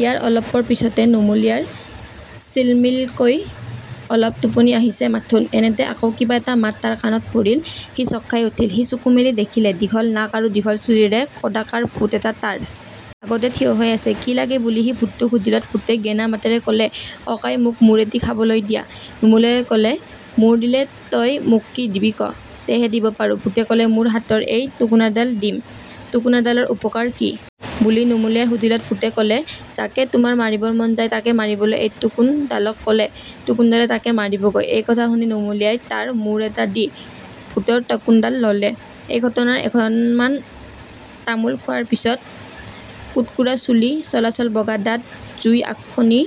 ইয়াৰ অলপ পৰ পিচতে নুমলীয়াৰ চিল্মিল্কৈ অলপ টোপনি আহিছে মাথোন, এনেতে আকৌ কিবা এটা মাত তাৰ কাণত পৰিল, সি চক্খাই উঠিল৷ সি চকু মেলি দেখিলে,-দীঘল নাক আৰু দীঘল চুলিৰে কদাকাৰ ভূত এটা তাৰ আগতে থিয় হৈ আছে৷ কি লাগে বুলি সি ভূতটোক সুধিলত, ভূতে গেনা মাতেৰে ক'লে, "কঁকাই মোক মূৰ এটি খাবলৈ দিয়া৷" নুমলীয়াই ক'লে, "মূৰ দিলে তই মোক কি দিবি ক, তেহে দিব পাৰোঁ৷" ভূতে ক'লে, "মোৰ হাতৰ এঁই টোকোনাডাল দিঁম৷" "টোকোনাডালৰ উপকাৰ কি? " বুলি নুমলীয়াই সুধিলত ভূতে ক'লে, "যাঁকে তোঁমাৰ মাৰিবৰ মন যাঁয়, তাঁকে মাৰিবলৈ এঁই টোকোন ডাঁলক ক'লে টোঁকোনডাঁলে তাঁকে মাৰিবগৈ৷" এই কথা শুনি নুমলীয়াই তাৰ মূৰ এটা দি ভূতৰ টোকোনডাল ল'লে৷ এই ঘটনাৰ এখনমান তামোল খোৱাৰ পিছত কুট্কুৰা চুলি, চলাচল বগা দাঁত, জুই-আহ সুনি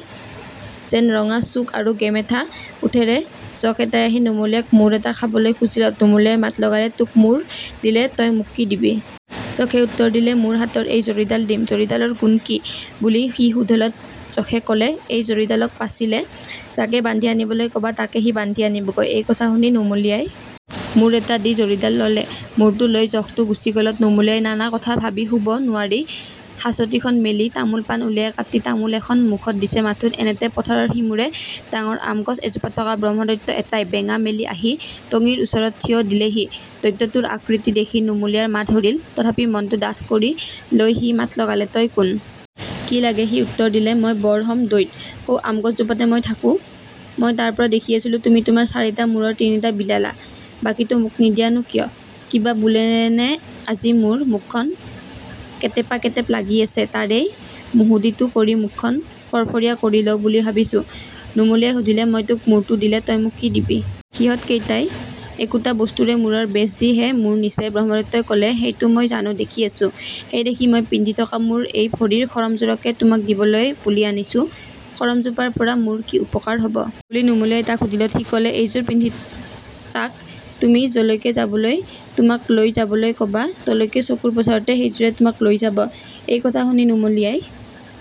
যেন ৰঙা চুক আৰু গেমেধা ওঁঠেৰে যখ এটাই আহি নুমলীয়াক মূৰ এটা খাবলৈ খুজিলত, নুমলীয়াই মাত লগালে, "তোক মূৰ দিলে তই মোক কি দিবি? " যখে উত্তৰ দিলে, "মোৰ হাতৰ এই জৰীডাল দিম৷" "জৰীডালৰ গুণ কি? " বুলি সি সুধিলত যখে ক'লে, "এই জৰীডালক পাচিলে, যাকে বান্ধি আনিবলৈ কবা তাকে সি বান্ধি আনিবগৈ৷" এই কথা শুনি নুমলীয়াই মূৰ এটা দি জৰীডাল ললে৷ মূৰটো লৈ যখটো গুচি গ'লত নুমলীয়াই নানা কথা ভাবি শুব নোৱাৰি হাচটিখন মেলি তামোল-পাণ উলিয়াই কাটি তামোল এখন মুখত দিছে মাথোন, এনেতে পথাৰৰ সিমূৰে ডাঙৰ আমগছ এজোপাত থকা ব্ৰহ্মদৈত্য এটাই বেঙা মেলি আহি টঙিৰ ওচৰত থিয় দিলেহি৷ দৈত্যটোৰ আকৃতি দেখি নুমলীয়াৰ মাত হৰিল৷ তথাপি মনটো ডাঠ কৰি লৈ সি মাত লগালে, "তই কোন? কি লাগে? " সি উত্তৰ দিলে-"মই বৰহম দইত৷ সৌ আমগছ জোপাতে মই থাকোঁ৷ মই তাৰপৰা দেখি আছিলোঁ তুমি তোমাৰ চাৰিটা মূৰৰ তিনিটা বিলালা৷ বাকীটো মোক নিদিয়াঁ নো কিয়? কিবা বোলেনে আজি মোৰ মুখখন কেটেপাকেটেপ লাগি আছে, তাৰেই মুহুদিটো কৰি মুখখন ফৰ্ফৰীয়া কৰি লওঁ বুলি ভাবিছোঁ৷" নুমলীয়াই সুধিলে, "মই তোক মূৰটো দিলে, তই মোক কি দিবি? সিহঁত কেইটাই একোটা বস্তুৰে মূৰৰ বেচ দি হে মূৰ নিছে৷" ব্ৰহ্মদৈত্যই ক'লে, "সেইটো মই জানো; দেখি আছোঁ৷ সেইদেখি মই পিন্ধি থকা মোৰ এই ভৰিৰ খৰমজোৰকে তোমাক দিবলৈ বুলি আনিছোঁ৷" "খৰমজোপাৰপৰা মোৰ কি উপকাৰ হব? " বুলি নুমলীয়াই তাক সুধিলত সি ক'লে, "এইজোৰ পিন্ধি তাক তুমি যলৈকে যাবলৈ তোমাক লৈ যাবলৈ কবা তলৈকে চকুৰ পচাৰতে সেইজোৰে তোমাক লৈ যাব৷" এই কথা শুনি নুমলীয়াই